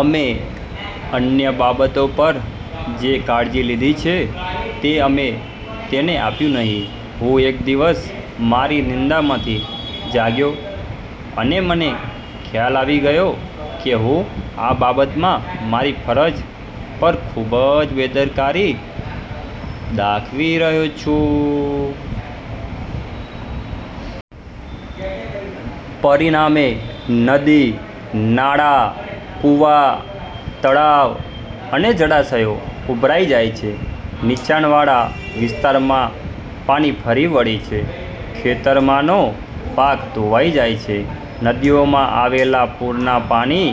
અમે અન્ય બાબતો પર જે કાળજી લીધી છે તે અમે તેને આપ્યું નહીં. હું એક દિવસ મારી નિંદ્રામાંથી જાગ્યો અને મને ખ્યાલ આવી ગયો કે હું આ બાબતમાં મારી ફરજ પર ખૂબ જ બેદરકારી દાખવી રહ્યો છું. પરિણામે નદી-નાળાં, કૂવા, તળાવ અને જળાશયો ઉભરાઇ જાય છે. નીચાણવાળા વિસ્તારમાં પાણી ફરી વળે છે. ખેતરમાંનો પાક ધોવાઈ જાય છે. નદીઓમાં આવેલા પૂરના પાણી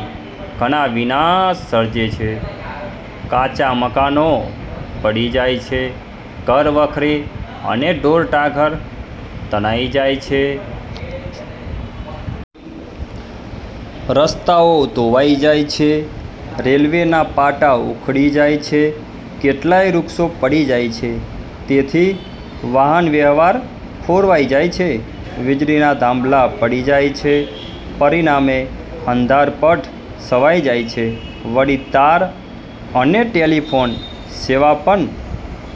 ઘણો વિનાશ સર્જે છે. કાચા મકાનો પડી જાય છે. ઘરવખરી અને ઢોરઢાંખર તણાઈ જાય છે. રસ્તાઓ ધોવાઇ જાય છે. રેલવેના પાટા ઉખડી જાય છે. કેટલાય વૃક્ષો પડી જાય છે. તેથી વાહન વ્યવહાર ખોરવાઇ જાય છે. વીજળીના થાંભલા પડી જાય છે. પરિણામે અંધારપટ છવાઈ જાય છે. વળી તાર અને ટેલિફોન સેવા પણ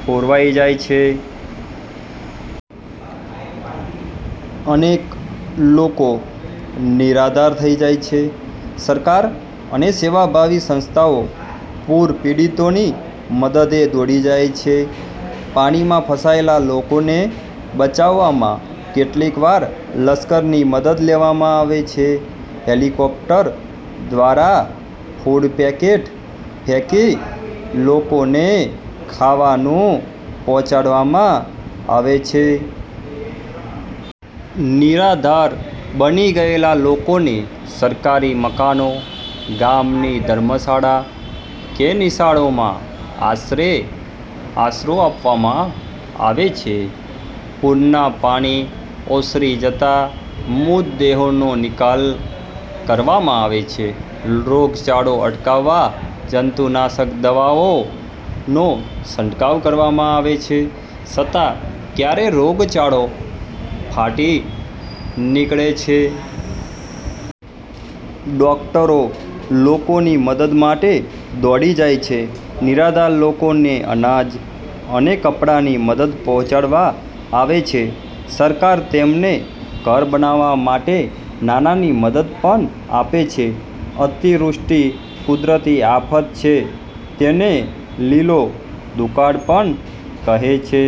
ખોરવાઈ જાય છે. અનેક લોકો નિરાધાર થઇ જાય છે. સરકાર અને સેવાભાવી સંસ્થાઓ પૂરપીડિતોની મદદે દોડી જાય છે. પાણીમાં ફસાયેલા લોકોને બચાવવામાં કેટલીક વાર લશ્કરની મદદ લેવામાં આવે છે. હેલિકોપ્ટર દ્વારા ફુડ પેકેટ ફેકી લોકોને ખાવાનું પહોંચાડવામાં આવે છે. નિરાધાર બની ગયેલા લોકોને સરકારી મકાનો, ગામની ધર્મશાળા કે નિશાળોમાં આશરે આપવામાં આવે છે. પૂરના પાણી ઓસરી જતા મૃતદેહોનો નિકાલ કરવામાં આવે છે. રોગચાળો અટકાવવા જંતુનાશક દવાનો છંટકાવ કરવામાં આવે છે. છતાં ક્યારેક રોગચાળો ફાટી નીકળે છે. ડોક્ટરો લોકોની મદદ માટે દોડી જાય છે. નિરાધાર લોકોને અનાજ અને કપડાની મદદ પહોંચાડવામાં આવે છે. સરકાર તેમને ઘર બનાવવા માટે નાણાંની મદદ પણ આપે છે. અતિવૃષ્ટિ કુદરતી આફત છે તેને 'લીલો દુકાળ' પણ કહે છે.